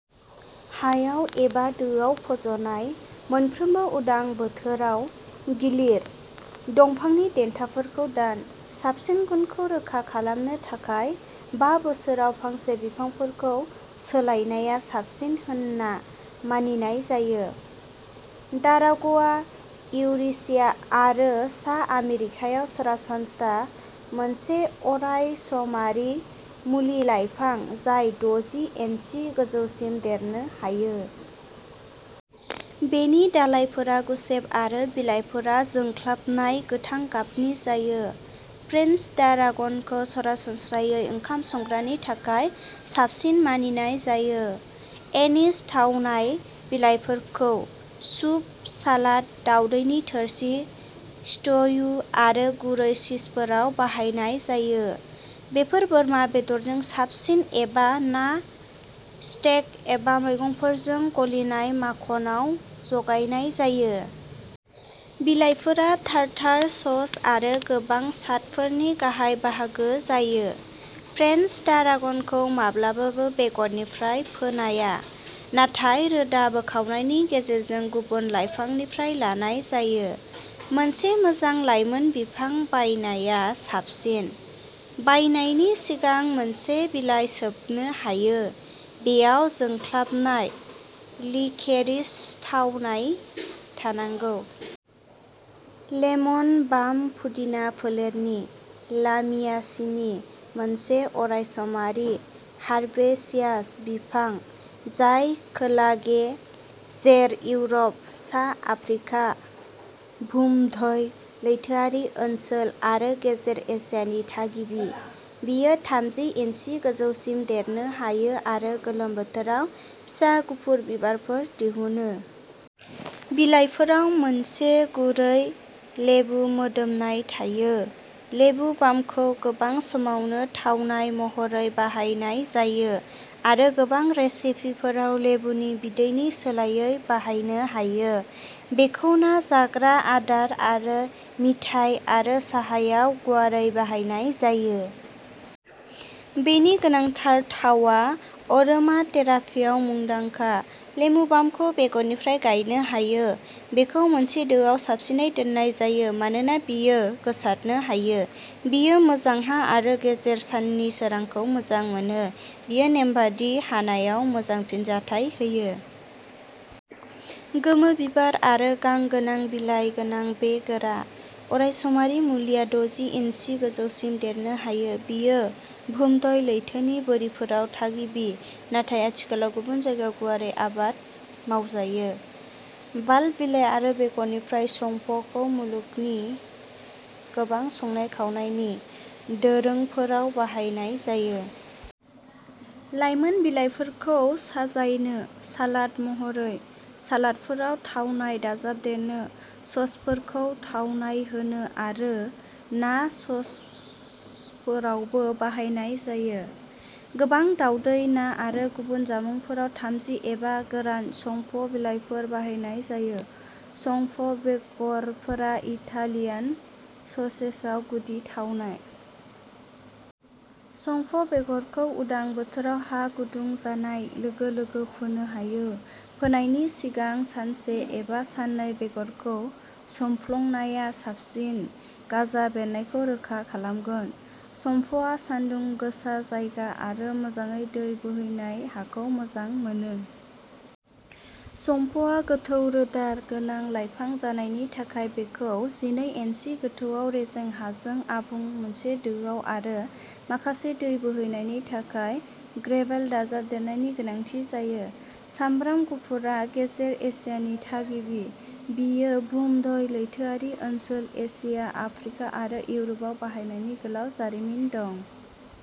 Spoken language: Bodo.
हायाव एबा दोआव फज'नाय, मोनफ्रोमबो उदां बोथोराव गिलिर, दंफांनि देन्थाफोरखौ दान। साबसिन गुनखौ रोखा खालामनो थाखाय बा बोसोराव फांसे बिफांफोरखौ सोलायनाया साबसिन होनना मानिनाय जायो। डारागआ इउरेशिया आरो सा आमेरिकायाव सरासनस्रा मोनसे अरायसमारि मुलि लाइफां, जाय द'जि एन्सि गोजौसिम देरनो हायो। बेनि दालाइफोरा गुसेब आरो बिलाइफोरा जोंख्लाबनाय गोथां गाबनि जायो। फ्रेन्स डारागनखौ सरासनस्रायै ओंखाम संग्रानि थाखाय साबसिन मानिनाय जायो। एनिज थावनाय बिलाइफोरखौ सुप, सालाद, दावदैनि थोरसि, स्ट्यु आरो गुरै चीजफोराव बाहायनाय जायो। बेफोर बोरमा बेदरजों साबसिन एबा ना, स्टेक एबा मैगंफोरजों गलिनाय माखनआव जगायनाय जायो। बिलाइफोरा टारटार सस आरो गोबां चाटनिफोरनि गाहाय बाहागो जायो। फ्रेन्स टारागनखौ माब्लाबाबो बेगरनिफ्राय फोनाया नाथाय रोदा बोखावनायनि गेजेरजों गुबुन लाइफांनिफ्राय लानाय जायो। मोनसे मोजां लायमोन बिफां बायनाया साबसिन। बायनायनि सिगां मोनसे बिलाइ सोबनो हायो, बेयाव जोंख्लाबनाय लिकेरिस थावनाय थानांगौ। लेमन बाम पुदिना फोलेरनि लामियासिनि मोनसे अरायसमारि हार्बेसियास बिफां, जाय खोलागे जेर इउरप, सा आफ्रिका, भुमध्य लैथोआरि ओनसोल आरो गेजेर एसियानि थागिबि। बेयो थामजि इन्सि गोजौसिम देरनो हायो आरो गोलोम बोथोराव फिसा गुफुर बिबारफोर दिहुनो। बिलाइफोराव मोनसे गुरै लेबु मोदोमनाय थायो। लेबु बामखौ गोबां समावनो थावनाय महरै बाहायनाय जायो। आरो गोबां रेसिपिफोराव लेबुनि बिदैनि सोलायै बाहायनो हायो। बेखौ ना जाग्रा आदार आरो मिथाइ आरो साहायाव गुवारै बाहायनाय जायो। बेनि गोनांथार थावआ अरोमाथेरापियाव मुंदांखा। लेबु बामखौ बेगरनिफ्राय गायनो हायो। बेखौ मोनसे दोआव साबसिनै दोननाय जायो मानोना बेयो गोसारनो हायो। बेयो मोजां हा आरो गेजेर साननि सोरांखौ मोजां मोनो। बेयो नेमबादि हानायाव मोजां फिनजाथाय होयो। गोमो बिबार आरो गां गोनां बिलाइ गोनां बे गोरा, अरायसमारि मुलिया द'जि इन्सि गोजौसिम देरनो हायो। बियो भुमध्य लैथोनि बोरिफोराव थागिबि नाथाय आथिखालाव गुबुन जायगायाव गुवारै आबाद मावजायो। बाल्ब, बिलाइ आरो बेगरफोरनि संफखौ मुलुगनि गोबां संनाय खावनायनि दोरोंफोराव बाहायनाय जायो। लायमोन बिलाइफोरखौ साजायनो, सालाद महरै, सालादफोराव थावनाय दाजाबदेरनो, ससफोरखौ थावनाय होनो आरो ना ससफोरावबो बाहायनाय जायो। गोबां दावदै, ना आरो गुबुन जामुंफोराव थाजिम एबा गोरान संफ बिलाइफोर बाहायनाय जायो। संफ बेगरफोरा इटालियान ससेजआव गुदि थावनाय। संफ बेगरखौ उदां बोथोराव हा गुदुं जानाय लोगो लोगो फोनो हायो। फोनायनि सिगां सानसे एबा साननै बेगरखौ सोमब्लंनाया साबसिन गाजा बेरनायखौ रोखा खालामगोन। संफआ सानदुं गोसा जायगा आरो मोजाङै दै बोहैनाय हाखौ मोजां मोनो। संफआ गोथौ रोदा गोनां लाइफां जानायनि थाखाय बेखौ जिनै एन्सि गोथौआव रेजें हाजों आबुं मोनसे दोआव आरो माखासे दै बोहैनायनि थाखाय ग्रेभेल दाजाबदेरनायनि गोनांथि जायो। सामब्राम गुफुरआ गेजेर एसियानि थागिबि। बेयो भुमध्य लैथोआरि ओनसोल, एसिया, आफ्रिका आरो इउर'पआव बाहायनायनि गोलाव जारिमिन दं।